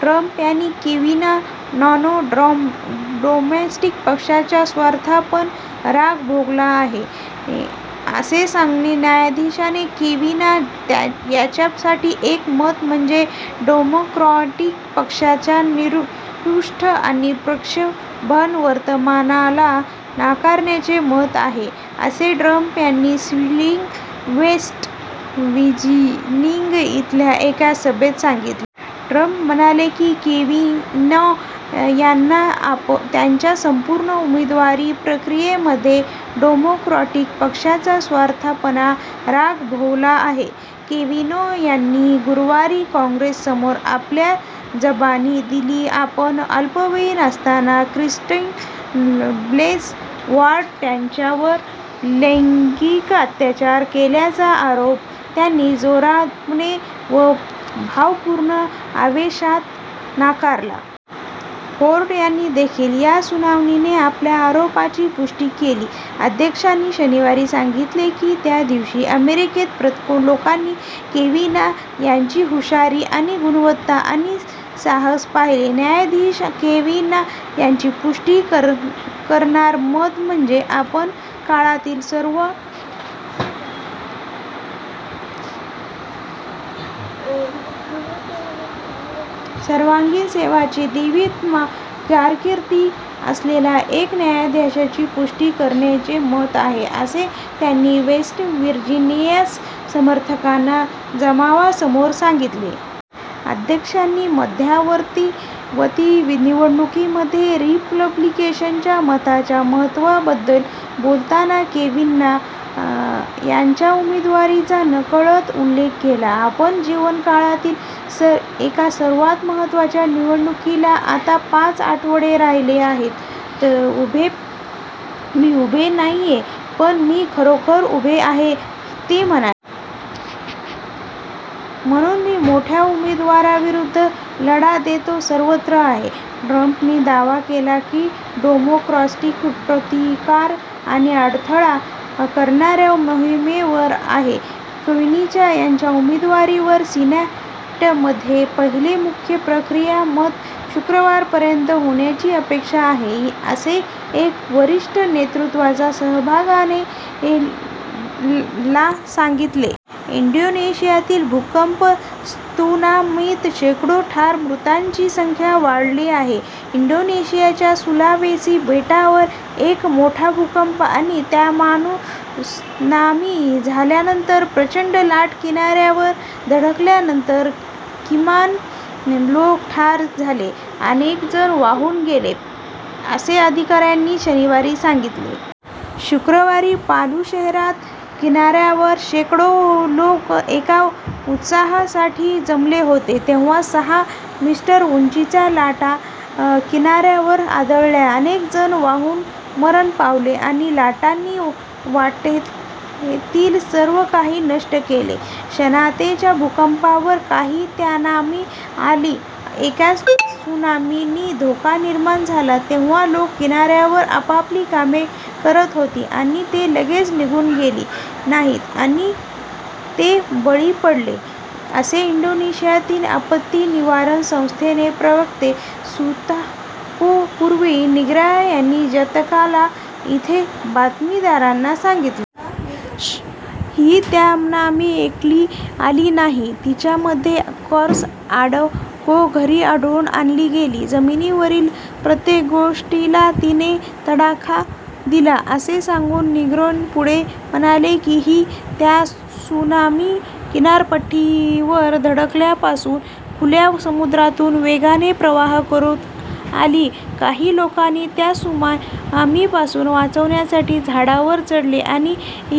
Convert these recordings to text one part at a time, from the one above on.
Trump यांनी Kavanaugh यांना Democratic पक्षाचा 'स्वार्थीपणा, राग' भोवला आहे असं सांगितलं. "न्यायाधीश केवेनॉ यांच्यासाठी एक मत म्हणजे डेमोक्रॅटिक पक्षाच्या निष्ठुर आणि प्रक्षोभक वर्तनाला नाकारण्याचे मत आहे," असं ट्रम्प यांनी व्हीलिंग, वेस्ट वर्जिनिया इथल्या एका सभेत सांगितलं. ट्रम्प म्हणाले की केवेनॉ यांना त्यांच्या संपूर्ण उमेदवारी प्रक्रियेमध्ये डेमोक्रॅटिक पक्षाचा "स्वार्थीपणा, राग" भोवला आहे. केवेनॉ यांनी गुरूवारी काँग्रेससमोर आपली जबानी दिली, आपण अल्पवयीन असताना ख्रिस्टीन ब्लेसी फोर्ड यांच्यावर लैंगिक अत्याचार केल्याचा आरोप त्यांनी जोरदारपणे आणि भावपूर्ण आवेशात नाकारला. फोर्ड यांनी देखील या सुनावणीत आपल्या आरोपाची पुष्टि केली. अध्यक्षांनी शनिवारी सांगितले की त्या दिवशी "अमेरिकन लोकांनी केवेनॉ यांची हुशारी आणि गुणवत्ता आणि साहस" पाहिलं. "न्यायाधीश केवेनॉ यांची पुष्टि करणारं मत म्हणजे आपल्या काळातील सर्वाधिक यशस्वी कायदे तज्ञाची, सार्वजनिक सेवेची देदीप्यमान कारकीर्द असलेल्या एका न्यायाधीशाची पुष्टि करणारं मत आहे," असं त्यांनी वेस्ट वर्जिनिया समर्थकांच्या जमावासमोर सांगितलं. अध्यक्षांनी मध्यावधी निवडणुकांमध्ये रिपब्लिकन मतांच्या महत्वाबद्दल बोलताना केवेनॉ यांच्या उमेदवारीचा नकळत उल्लेख केला. आपल्या जीवनकाळातील एका सर्वात महत्वाच्या निवडणुकीला आता पाच आठवडे राहिले आहेत. मी उभा नाहीये, पण मी खरोखरच उभा आहे," ते म्हणाले. "म्हणूनच मी मोठ्या उमेदवारांविरुद्ध लढा देत सर्वत्र आहे. " ट्रम्पनी दावा केली की डेमोक्रॅट्स "प्रतिकार आणि अडथळा" करण्याच्या मोहिमेवर आहेत. केवेनॉ यांच्या उमेदवारीवर सिनेटमध्ये पहिले मुख्य प्रक्रियात्मक मत शुक्रवारपर्यंत होण्याची अपेक्षा आहे, असं एका वरिष्ठ नेतृत्वाच्या सहकाऱ्याने ला सांगितले. इंडोनेशियातील भूकंप, त्सुनामीत शेकडो ठार, मृतांची संख्या वाढते आहे इंडोनेशियाच्या सुलावेसी बेटावर एक मोठा भूकंप आणि त्सुनामी झाल्यामुळे प्रचंड लाटा किनाऱ्यांवर धडकल्यानंतर, किमान लोक ठार झाले, अनेकजण वाहून गेले असं अधिकाऱ्यांनी शनिवारी सांगितले. शुक्रवारी पालु शहराच्या किनाऱ्यावर शेकडो लोक एका उत्सवासाठी जमले होते तेव्हा सहा मीटर्स उंचीच्या लाटा किनाऱ्यावर आदळल्या, अनेकजण वाहून मरण पावले आणि लाटांनी वाटेतील सर्वकाही नष्ट केलं. क्षमतेच्या भूकंपानंतर ही त्सुनामी आली. "काल त्सुनामीचा धोका निर्माण झाला तेव्हा, लोक किनाऱ्यावर आपापली कामे करत होते आणि ते लगेच निघून गेले नाहीत आणि ते बळी पडले," असं इंडोनेशियाची आपत्ती निवारण संस्था चे प्रवक्ते सुतोपो पुर्वो नुग्रोहो यांनी जकार्ता इथं बातमीदारांना सांगितलं. "ही त्सुनामी एकटी आली नाही, तिच्यामध्ये कार्स, ओंडके, घरे, ओढून आणली गेली, जमिनीवरील प्रत्येक गोष्टीला तिने तडाखा दिला," असं सांगून नुग्रोहो पुढे म्हणाले, की ही त्सुनामी किनारपट्टीवर धडकण्यापूर्वी खुल्या समुद्रातून वेगाने प्रवास करुन आली. काही लोक त्सुनामीपासून वाचण्यासाठी झाडांवर चढले आणि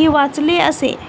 वाचले, असं